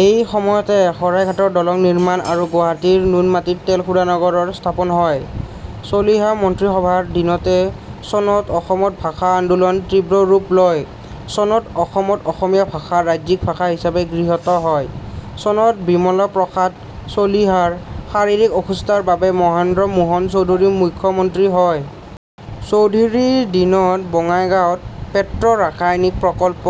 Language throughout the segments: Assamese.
এই সময়তে শৰাইঘাটৰ দলং নিৰ্মাণ আৰু গুৱাহাটীৰ নুনমাটিত তেল শোধনাগাৰ স্থাপন হয়। চলিহা মন্ত্ৰীসভাৰ দিনতে - চনত অসমত ভাষা আন্দোলন তীব্ৰৰূপ লয়। চনত অসমত অসমীয়া ভাষা ৰাজ্যিক ভাষা হিচাপে গৃহীত হয়। চনত বিমলাপ্ৰসাদ চলিহাৰ শাৰীৰিক অসুস্থতাৰ বাবে মহেন্দ্ৰ মোহন চৌধুৰী মুখ্যমন্ত্ৰী হয়। চৌধুৰীৰ দিনত বঙাইগাঁৱ ত পেট্ৰোৰাসায়নিক প্ৰকল্প,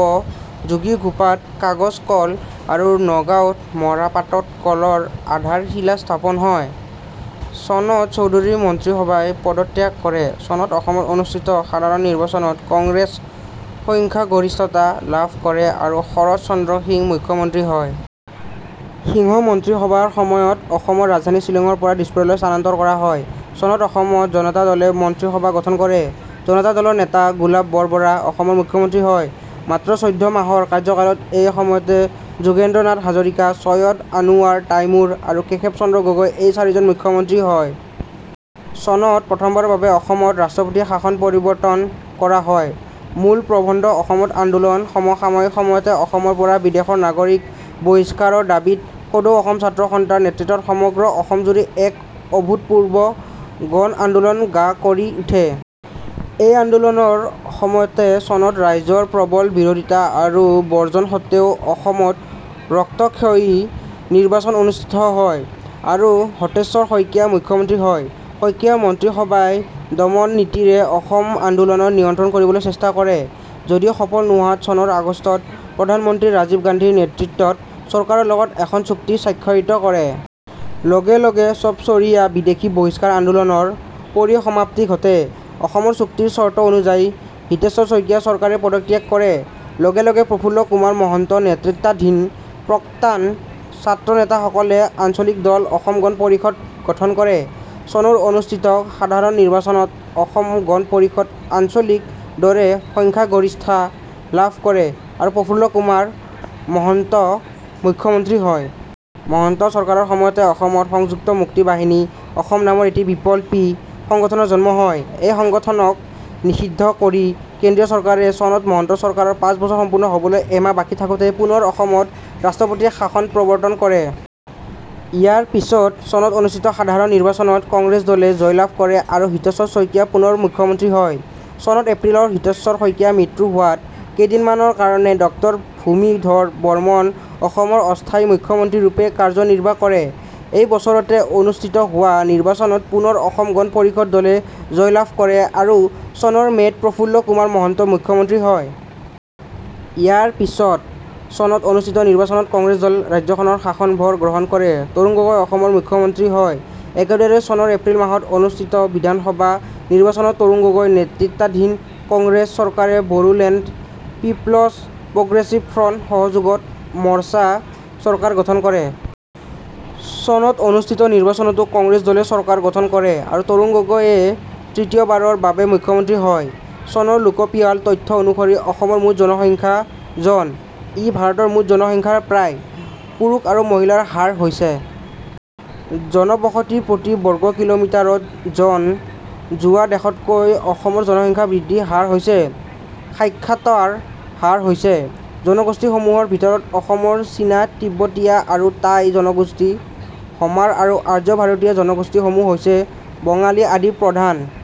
যোগীঘোপা ত কাগজ কল আৰু নগাঁও ত মৰাপাট কলৰ আধাৰশিলা স্থাপন হয়। চনত চৌধুৰী মন্ত্ৰীসভাই পদত্যাগ কৰে। চনত অসমত অনুষ্ঠিত সাধাৰণ নিৰ্বাচনত কংগ্ৰেছে সংখ্যাগৰিষ্ঠতা লাভ কৰে আৰু শৰৎ চন্দ্ৰ সিংহ মুখ্যমন্ত্ৰী হয়। সিংহ মন্ত্ৰীসভাৰ সময়ত অসমৰ ৰাজধানী শ্বিলঙৰ পৰা দিছপুৰলৈ স্থানান্তৰ কৰা হয়। চনত অসমত জনতা দলে মন্ত্ৰীসভা গঠন কৰে। জনতা দলৰ নেতা গোলাপ বৰবৰা অসমৰ মুখ্যমন্ত্ৰী হয়। মাত্ৰ চৈধ্য মাহৰ কাৰ্য্যকালত এই সময়তে যোগেন্দ্ৰনাথ হাজৰিকা, চৈয়দা আনোৱাৰা টাইমূৰ আৰু কেশৱ চন্দ্ৰ গগৈ এই চাৰিজন মুখ্যমন্ত্ৰী হয়। চনত প্ৰথমবাৰৰ বাবে অসমত ৰাষ্ট্ৰপতি শাসন প্ৰৱৰ্তন কৰা হয়। মূল প্ৰবন্ধ: অসম আন্দোলন সমসাময়িক সময়তে অসমৰ পৰা বিদেশী নাগৰিকৰ বহিষ্কাৰৰ দাবীত সদৌ অসম ছাত্ৰ সন্থা ৰ নেতৃত্বত সমগ্ৰ অসমজুৰি এক অভূতপূৰ্ব গণ আন্দোলন গা কৰি উঠে। এই আন্দোলনৰ সময়তে চনত ৰাইজৰ প্ৰবল বিৰোধিতা আৰু বৰ্জন সত্ত্বেও অসমত ৰক্তক্ষয়ী নিৰ্বাচন অনুষ্ঠিত হয় আৰু হিতেশ্বৰ শইকীয়া মুখ্যমন্ত্ৰী হয়। শইকীয়া মন্ত্ৰীসভাই দমন নীতিৰে অসম আন্দোলন নিয়ন্ত্ৰণ কৰিবলৈ চেষ্টা কৰে যদিও সফল নোহোৱাত চনৰ আগষ্টত প্ৰধানমন্ত্ৰী ৰাজীৱ গান্ধী ৰ নেতৃত্বাধীন চৰকাৰৰ লগত এখন চুক্তি স্বাক্ষৰিত কৰে। লগে লগে ছবছৰীয়া বিদেশী বহিষ্কাৰ আন্দোলনৰ পৰিসমাপ্তি ঘটে। অসম চুক্তিৰ চৰ্ত অনুযায়ী হিতেশ্বৰ শইকীয়া চৰকাৰে পদত্যাগ কৰে। লগে লগে প্ৰফুল্ল কুমাৰ মহন্ত নেতৃত্বাধীন প্ৰাক্তন ছাত্ৰনেতাসকলে আঞ্চলিক দল অসম গণ পৰিষদ গঠন কৰে। চনৰ অনুষ্ঠিত সাধাৰণ নিৰ্বাচনত অসম গণ পৰিষদ আঞ্চলিক দৰে সংখ্যাগৰিষ্ঠতা লাভ কৰে আৰু প্ৰফুল্ল কুমাৰ মহন্ত মুখ্যমন্ত্ৰী হয়। মহন্ত চৰকাৰৰ সময়তে অসমত সংযুক্ত মুক্তি বাহিনী, অসম নামৰ এটি বিপ্লৱী সংগঠনৰ জন্ম হয়। এই সংগঠনক নিষিদ্ধ ঘোষণা কৰি কেন্দ্ৰীয় চৰকাৰে চনত মহন্ত চৰকাৰৰ পাঁচবছৰ সম্পূৰ্ণ হ'বলৈ এমাহ বাকী থাকোঁতেই পুনৰ অসমত ৰাষ্ট্ৰপতি শাসন প্ৰৱৰ্তন কৰে। ইয়াৰ পিছত চনত অনুষ্ঠিত সাধাৰণ নিৰ্বাচনত কংগ্ৰেছ দলে জয়লাভ কৰে আৰু হিতেশ্বৰ শইকীয়া পুনৰ মুখ্যমন্ত্ৰী হয়। চনৰ এপ্ৰিলত হিতেশ্বৰ শইকীয়াৰ মৃত্যু হোৱাত কেইদিনমানৰ কাৰণে ডাঃ ভূমিধৰ বৰ্মন অসমৰ অস্থায়ী মুখ্যমন্ত্ৰীৰূপে কাৰ্যনিৰ্বাহ কৰে। এই বছৰতে অনুষ্ঠিত হোৱা নিৰ্বাচনত পুনৰ অসম গণ পৰিষদ দলে জয়লাভ কৰে আৰু চনৰ মে'ত প্ৰফুল্ল কুমাৰ মহন্ত মুখ্যমন্ত্ৰী হয়। ইয়াৰ পিছত চনত অনুষ্ঠিত নিৰ্বাচনত কংগ্ৰেছ দলে ৰাজ্যখনৰ শাসনভাৰ গ্ৰহণ কৰে। তৰুণ গগৈ অসমৰ মুখ্যমন্ত্ৰী হয়। একেদৰে চনৰ এপ্ৰিল মাহত অনুষ্ঠিত বিধানসভা নিৰ্বাচনত তৰুণ গগৈ নেতৃত্বাধীন কংগ্ৰেছ চৰকাৰে বড়োলেণ্ড পিপলচ প্ৰগ্ৰেছিভ ফ্ৰ'ণ্ট সহযোগত মৰ্চা চৰকাৰ গঠন কৰে। চনত অনুষ্ঠিত নিৰ্বাচনতো কংগ্ৰেছ দলে চৰকাৰ গঠন কৰে আৰু তৰুণ গগৈ য়ে তৃতীয়বাৰৰ বাবে মুখ্যমন্ত্ৰী হয়। চনৰ লোকপিয়ল তথ্য অনুসৰি অসমৰ মুঠ জনসংখ্যা, জন। ই ভাৰতৰ মুঠ জনসংখ্যাৰ প্ৰায়। পুৰুষ আৰু মহিলাৰ হাৰ হৈছে। জনবসতি প্ৰতি বৰ্গ কিলোমিটাৰত জন। যোৱা দশকতকৈ অসমৰ জনসংখ্যা বৃদ্ধিৰ হাৰ হৈছে। সাক্ষৰতাৰ হাৰ হৈছে। জনগোষ্ঠীসমূহৰ ভিতৰত অসমৰ চীনা-তিব্বতীয় আৰু টাই জনগোষ্ঠী: হমাৰ আৰু আৰ্য ভাৰতীয় জনগোষ্ঠীসমূহ হৈছে: বঙালী আদি প্ৰধান।